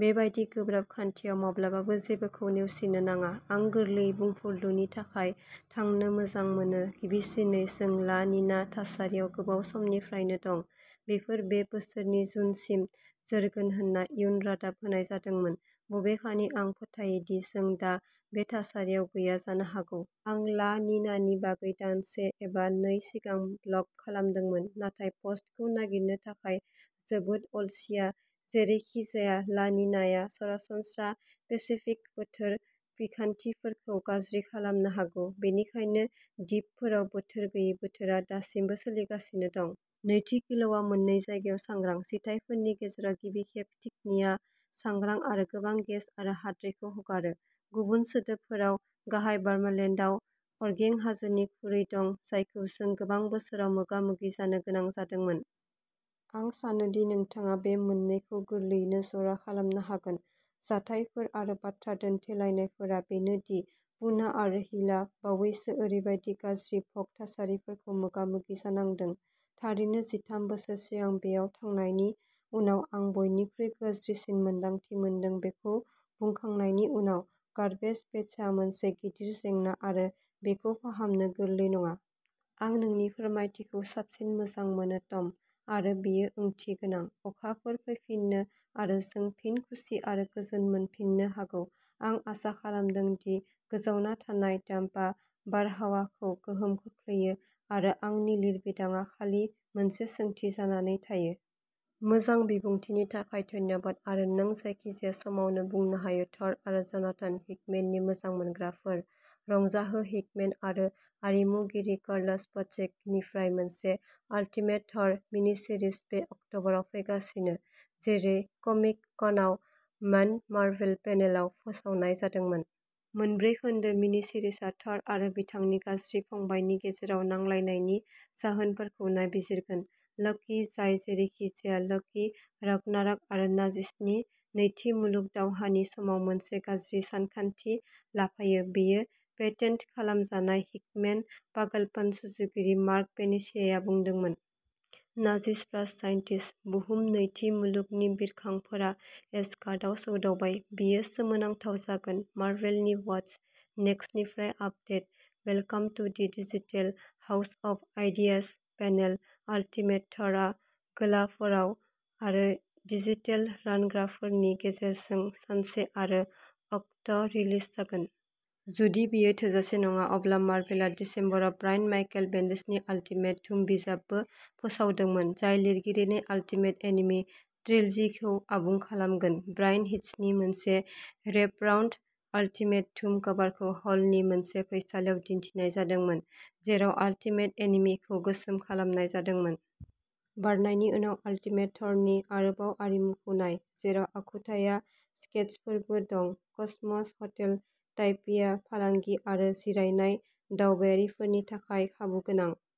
बेबादि गोब्राब खान्थियाव माब्लाबाबो जेबोखौ नेवसिनो नाङा। आं गोरलै बुंफुरलुनि थाखाय थांनो मोजां मोनो गिबिसिनै, जों ला निना थासारियाव गोबाव समनिफ्रायनो दं। बेफोर बे बोसोरनि जुनसिम जोरगोन होनना इयुन रादाब होनाय जादोंमोन, बबेखानि आं फोथायो दि जों दा बे थासारियाव गैया जानो हागौ। आं ला निनानि बागै दानसे एबा नै सिगां ब्लग खालामदोंमोन, नाथाय पस्टखौ नागिरनो थाखाय जोबोद अलसिया जेरैखिजाया, ला निनाया सरासनस्रा पेसिफिक बोथोर बिखान्थिफोरखौ गाज्रि खालामनो हागौ, बेनिखायनो दिपफोराव बोथोर गैयै बोथोरा दासिम सोलिगासिनो दं। नैथि, किलाउआ मोननै जायगायाव सांग्रां। जिथायफोरनि गेजेराव गिबि खेब थिखिनिआ सांग्रां आरो गोबां गेस आरो हाद्रिखौ हगारो। गुबुन सोदोबफोराव, गाहाय बारमण्डलाव अरगें हाजोनि खुरै दं जायखौ जों गोबां बोसोराव मोगा-मोगि जानो गोनां जादोंमोन। आं सानो दि नोंथाङा बे मोननैखौ गोरलैयैनो जरा खालामनो हागोन। जाथायफोर आरो बाथ्रा दान्थेलायनायफोरा बेनो दि पुना आरो हिल'आ बावैसो ओरैबायदि गाज्रि भोग थासारिफोरखौ मोगा-मोगि जानांदों थारैनो जिथाम बोसोर सिगां बेयाव थांनायनि उनाव आं बयनिख्रुइ गाज्रिसिन मोन्दांथि मोनदों बेखौ बुंखांनायनि उनाव, गार्बेज पैचआ मोनसे गिदिर जेंना आरो बेखौ फाहामनो गोरलै नङा। आं नोंनि फोरमायथिखौ साबसिन मोजां मोनो, टम। आरो, बेयो ओंथिगोनां। अखाफोर फैफिनो आरो जों फिन खुसि आरो गोजोन मोनफिननो हागौ। आं आसा खालामदों दि गोजावना थानाय डाम्पआ बारहावाखौ गोहोम खोख्लैया आरो आंनि लिरबिदांआ खालि मोनसे सोंथि जानानै थायो। मोजां बिबुंथिनि थाखाय धन्यबाद आरो नों जायखिजाया समावनो बुंनो हायो थ'र आरो जनाथन हिकमेननि मोजां मोनग्राफोर, रंजाहो हिकमेन आरो आरिमुगिरि कार्लोस पाचेक'निफ्राय मोनसे अल्टिमेट थ'र मिनिसिरिज बे अक्टबराव फैगासिनो, जेरै कमिक-कनआव मन्ड'मार्भेल पेनेलआव फोसावनाय जादोंमोन। मोनब्रै खोन्दो मिनिसिरिजआ थ'र आरो बिथांनि गाज्रि फंबायनि गेजेराव नांलायनायनि जाहोनफोरखौ नायबिजिरगोन। लकि, जाय जेरैखिजाया लकि, रागनारक, आरो नाजिसनि नैथि मुलुग दावहानि समाव मोनसे गाज्रि सानथांखि लाफायो बेयो पेटेन्ट खालामजानाय हिकमेन पागलपन सुजुगिरि मार्क पेनिसियाया बुंदोंमोन। नाजिस फ्रस्ट साइन्टिस। बुहुम नैथि मुलुगनि बिरखंफोरा एसगार्डआव सौदावबाय। बेयो सोमोनांथाव जागोन। मार्भेलनि वाटस नेक्सटनिफ्राय update welcome to the digital house of ideas panel ultimate Thor आ गलाफोराव आरो डिजिटेल रानग्राफोरनि गेजेरजों सानसे आरो अक्ट'रिलिज जागोन। जुदि बेयो थोजासे नङा, अब्ला मार्भेलआ दिसेम्बराव ब्रायान माइकेल बेन्डिसनि अल्टिमेट डुम बिजाबबो फोसावदोंमोन, जाय लिरगिरिनि अल्टिमेट एनिमि ट्रिलजिखौ आबुं खालामगोन। ब्रायान हिचनि मोनसे रैपराउन्ड अल्टिमेट डुम कभारखौ हलनि मोनसे फैसालियाव दिन्थिनाय जादोंमोन, जेराव अल्टिमेट एनिमिखौ गोसोम खालामनाय जादोंमोन। बारनायनि उनाव अल्टिमेट थ'र नि आरोबाव आरिमुखौ नाय, जेराव आखुथाय स्केचफोरबो दं। कसमस हटेल ताइपेया फालांगि आरो जिरायनाय दावबायारिफोरनि थाखाय खाबुगोनां।